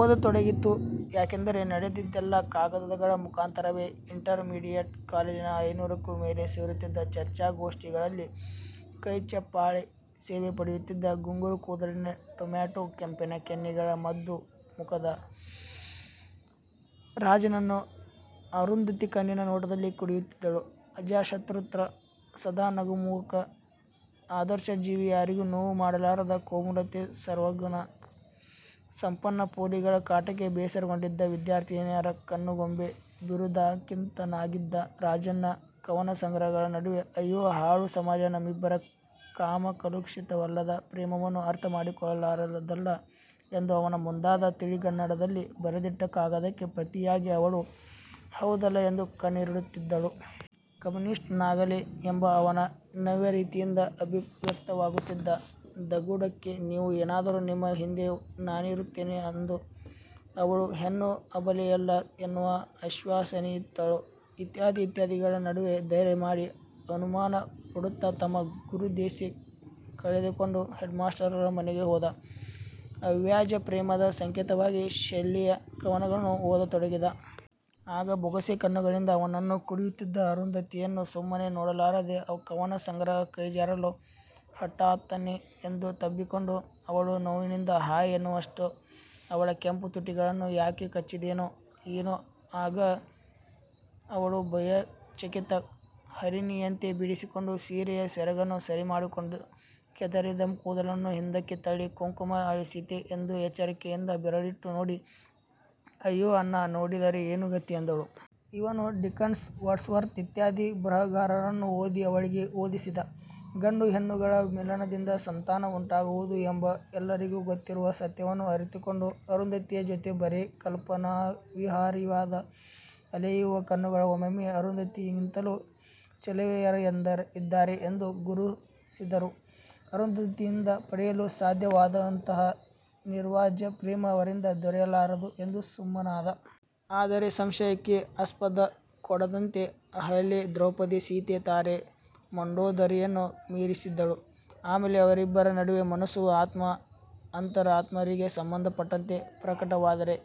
ಓದತೊಡಗಿತು ಯಾಕೆಂದರೆ ನಡೆದದ್ದೆಲ್ಲ ಕಾಗದಗಳ ಮುಖಾಂತರವೆ. ಇಂಟರ್ ಮೀಡಿಯೆಟ್ ಕಾಲೇಜಿನ ಐನೂರಕ್ಕೂ ಮೇಲೆ ಸೇರುತ್ತಿದ್ದ ಚರ್ಚಾ ಗೋಷ್ಠಿಗಳಲ್ಲಿ ಕೈಚಪ್ಪಾಳೆ ಸೇವೆ ಪಡೆಯುತ್ತಿದ್ದ ಗುಂಗುರುಕೂದಲಿನ ಟೊಮ್ಯಾಟೋ ಕೆಂಪಿನ ಕೆನ್ನೆಗಳ ಮುದ್ದು ಮುಖದ ರಾಜಣ್ಣನನ್ನು ಅರುಂಧತಿ ಕಣ್ಣಿನ ನೋಟದಲ್ಲಿ ಕುಡಿಯುತ್ತಿದ್ದಳು. ಅಜಾತಶತ್ರು ಸದಾ ನಗುಮುಖ ಆದರ್ಶ ಜೀವಿ ಯಾರಿಗೂ ನೋವು ಮಾಡಲಾರದ ಕೋಮಲತೆ ಸರ್ವಗುಣ ಸಂಪನ್ನ ಪೋಲಿಗಳ ಕಾಟಕ್ಕೆ ಬೇಸರಗೊಂಡಿದ್ದ ವಿದ್ಯಾರ್ಥಿನಿಯರ ಕಣ್ಣುಗೊಂಬೆ – ಬಿರುದಾಂಕಿತನಾಗಿದ್ದ ರಾಜಣ್ಣ ಕವನ ಸಂಗ್ರಹಗಳ ನಡುವೆ 'ಅಯ್ಯೋ ಹಾಳು ಸಮಾಜ ನಮ್ಮಿಬ್ಬರ ಕಾಮಕಲುಷಿತವಲ್ಲದ ಪ್ರೇಮವನ್ನು ಅರ್ಥಮಾಡಿಕೊಳ್ಳಲಾರದಲ್ಲ' ಎಂದು ಅವನ ಮುದ್ದಾದ ತಿಳಿಗನ್ನಡದಲ್ಲಿ ಬರೆದಿಟ್ಟ ಕಾಗದಕ್ಕೆ ಪ್ರತಿಯಾಗಿ ಅವಳು 'ಹೌದಲ್ಲಾ' ಎಂದು ಕಣ್ಣೀರಿಡುತ್ತಿದ್ದಳು. 'ಕಮ್ಯೂನಿಸ್ಟ್' ನಾಗಲೇ ಎಂಬ ಅವನ ನವ್ಯರೀತಿಯಿಂದ ಅಭಿವ್ಯಕ್ತವಾಗುತ್ತಿದ್ದ ದುಗುಡಕ್ಕೆ "ನೀವು ಏನಾದರೂ ನಿಮ್ಮ ಹಿಂದೆ ನಾನಿರುತ್ತೇನೆ" ಎಂದುಅ ವಳು ಹೆಣ್ಣು ಅಬಲೆಯಲ್ಲ ಎನ್ನುವ ಆಶ್ವಾಸನೆಯಿತ್ತಳು. ಇತ್ಯಾದಿ ಇತ್ಯಾದಿಗಳ ನಡುವೆ ಧೈರ್ಯ ಮಾಡಿ ಅನುಮಾನ ಪಡುತ್ತ ತಮ್ಮ ಗುರುದೆಸೆ ಕಳೆದುಕೊಂಡು ಹೆಡ್ಮಾಸ್ಟರರ ಮನೆಗೆ ಹೋದ. ಅವ್ಯಾಜಪ್ರೇಮದ ಸಂಕೇತವಾಗಿ ಶೆಲ್ಲಿಯ ಕವನಗಳನ್ನು ಓದತೊಡಗಿದ. ಆಗ ಬೊಗಸೆ ಕಣ್ಣುಗಳಿಂದ ಅವನನ್ನು ಕುಡಿಯುತ್ತಿದ್ದ ಅರುಂಧತಿಯನ್ನು ಸುಮ್ಮನೆ ನೋಡಲಾರದೆ ಕವನಸಂಗ್ರಹ ಕೈಜಾರಲು ಹಠಾತ್ತನೆ ಎದ್ದು ತಬ್ಬಿಕೊಂಡು ಅವಳು ನೋವಿನಿಂದ 'ಹಾಯ್' ಎನ್ನುವಷ್ಟು ಅವಳ ಕೆಂಪು ತುಟಿಗಳನ್ನು ಯಾಕೆ ಕಚ್ಚಿದೆನೋ ಏನೋ ಆಗ ಅವಳು ಭಯಚಕಿತ ಹರಿಣಿಯಂತೆ ಬಿಡಿಸಿಕೊಂಡು ಸೀರೆಯ ಸೆರಗನ್ನು ಸರಿಮಾಡಿಕೊಂಡು, ಕೆದರಿದ ಕೂದಲನ್ನು ಹಿಂದಕ್ಕೆ ತಳ್ಳಿ, ಕುಂಕುಮ ಅಳಿಸಿತೇ ಎಂದು ಎಚ್ಚರಿಕೆಯಿಂದ ಬೆರಳಿಟ್ಟು ನೋಡಿ 'ಅಯ್ಯೋ ಅಣ್ಣ ನೋಡಿದರೆ ಏನು ಗತಿ' ಎಂದಳು. ಇವನು ಡಿಕನ್ಸ್, ವರ್ಡ್ಸ್ವರ್ತ್ ಇತ್ಯಾದಿ ಬರಹಗಾರರನ್ನು ಓದಿ ಅವಳಿಗೂ ಓದಿಸಿದ. ಗಂಡು ಹೆಣ್ಣುಗಳ ಮಿಲನದಿಂದ ಸಂತಾನ ಉಂಟಾಗುವುದು ಎಂಬ ಎಲ್ಲರಿಗೂ ಗೊತ್ತಿರುವ ಸತ್ಯವನ್ನು ಅರಿತುಕೊಂಡು ಅರುಂಧತಿಯ ಜೊತೆ ಬರೆ ಕಲ್ಪನಾವಿಹಾರಿಯಾದ. ಅಲೆಯುವ ಕಣ್ಣುಗಳು ಒಮ್ಮೊಮ್ಮೆ ಅರುಂಧತಿಗಿಂತಲೂ ಚೆಲುವೆಯರು ಇದ್ದಾರೆ ಎಂದು ಗುರುಸಿದರೂ ಅರುಂಧತಿಯಿಂದ ಪಡೆಯಲು ಸಾಧ್ಯವಾದಂತಹ ನಿರ್ವ್ಯಾಜ ಪ್ರೇಮ ಅವರಿಂದ ದೊರೆಯಲಾರದು ಎಂದು ಸುಮ್ಮನಾದ. ಆದರೆ ಸಂಶಯಕ್ಕೆ ಅಸ್ಪದಕೊಡದಂತೆ ಅಹಲ್ಯೆ, ದ್ರೌಪದಿ, ಸೀತೆ, ತಾರೆ, ಮಂಡೋದರಿಯನ್ನು ಮೀರಿಸಿದ್ದಳು. ಆಮೇಲೆ ಅವರಿಬ್ಬರ ನಡುವೆ ಮನಸ್ಸು ಆತ್ಮ ಅಂತರಾತ್ಮರಿಗೆ ಸಂಬಂಧ ಪಟ್ಟಂತೆ ಪ್ರಕಟವಾದರೆ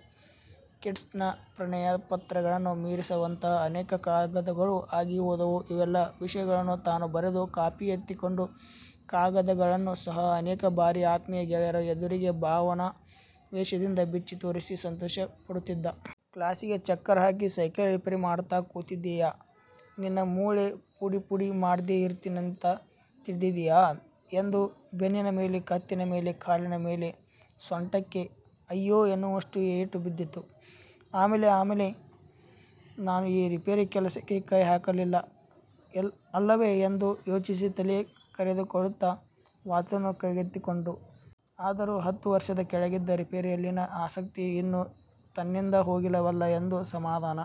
ಕೀಟ್ಸ್ನ ಪ್ರಣಯಪತ್ರಗಳನ್ನೂ ಮೀರಿಸುವಂತಹ ಅನೇಕ ಕಾಗದಗಳು ಆಗಿಹೋದವು, ಇವೆಲ್ಲ ವಿಷಯಗಳನ್ನೂ ತಾನು ಬರೆದು ಕಾಪಿ ಎತ್ತಿಕೊಂಡಿದ್ದ ಕಾಗದಗಳನ್ನೂ ಸಹ ಅನೇಕ ಬಾರಿ ಆತ್ಮೀಯ ಗೆಳೆಯರ ಎದುರಿಗೆ ಭಾವನಾ ವೇಶದಿಂದ ಬಿಚ್ಚಿತೋರಿಸಿ ಸಂತೋಷಪಡುತ್ತಿದ್ದ. ಕ್ಲಾಸಿಗೆ ಚಕ್ಕರ್ ಹಾಕಿ ಸೈಕಲ್ ರಿಪೇರಿ ಮಾಡ್ತ ಕೂತಿದೀಯಾ – ನಿನ್ನ ಮೂಳೆ ಪುಡಿಪುಡಿ ಮಾಡ್ದೆ ಇರ್ತೀನೀಂತ ತಿಳ್ದಿದಿಯಾ" ಎಂದು ಬೆನ್ನಿನ ಮೇಲೆ ಕತ್ತಿನ ಮೇಲೆ ಕಾಲಿನ ಮೇಲೆ ಸೊಂಟಕ್ಕೆ 'ಅಯ್ಯೊ' ಎನ್ನುವಷ್ಟು ಏಟು ಬಿದ್ದಿತು. ಆಮೇಲೆ ನಾನು ಈ ರಿಪೇರಿ ಕೆಲಸಕ್ಕೆ ಕೈಹಾಕಲಿಲ್ಲ ಅಲ್ಲವೇ ಎಂದು ಯೋಚಿಸಿ ತಲೆ ಕರೆದುಕೊಳ್ಳುತ್ತ ವಾಚನ್ನು ಕೈಗೆತ್ತಿಕೊಂಡ. ಆದರೂ ಹತ್ತು ವರ್ಷದ ಕೆಳಗಿದ್ದ ರಿಪೇರಿಯಲ್ಲಿನ ಆಸಕ್ತಿ ಇನ್ನೂ ತನ್ನಿಂದ ಹೋಗಿಲ್ಲವಲ್ಲ ಎಂದು ಸಮಾಧನ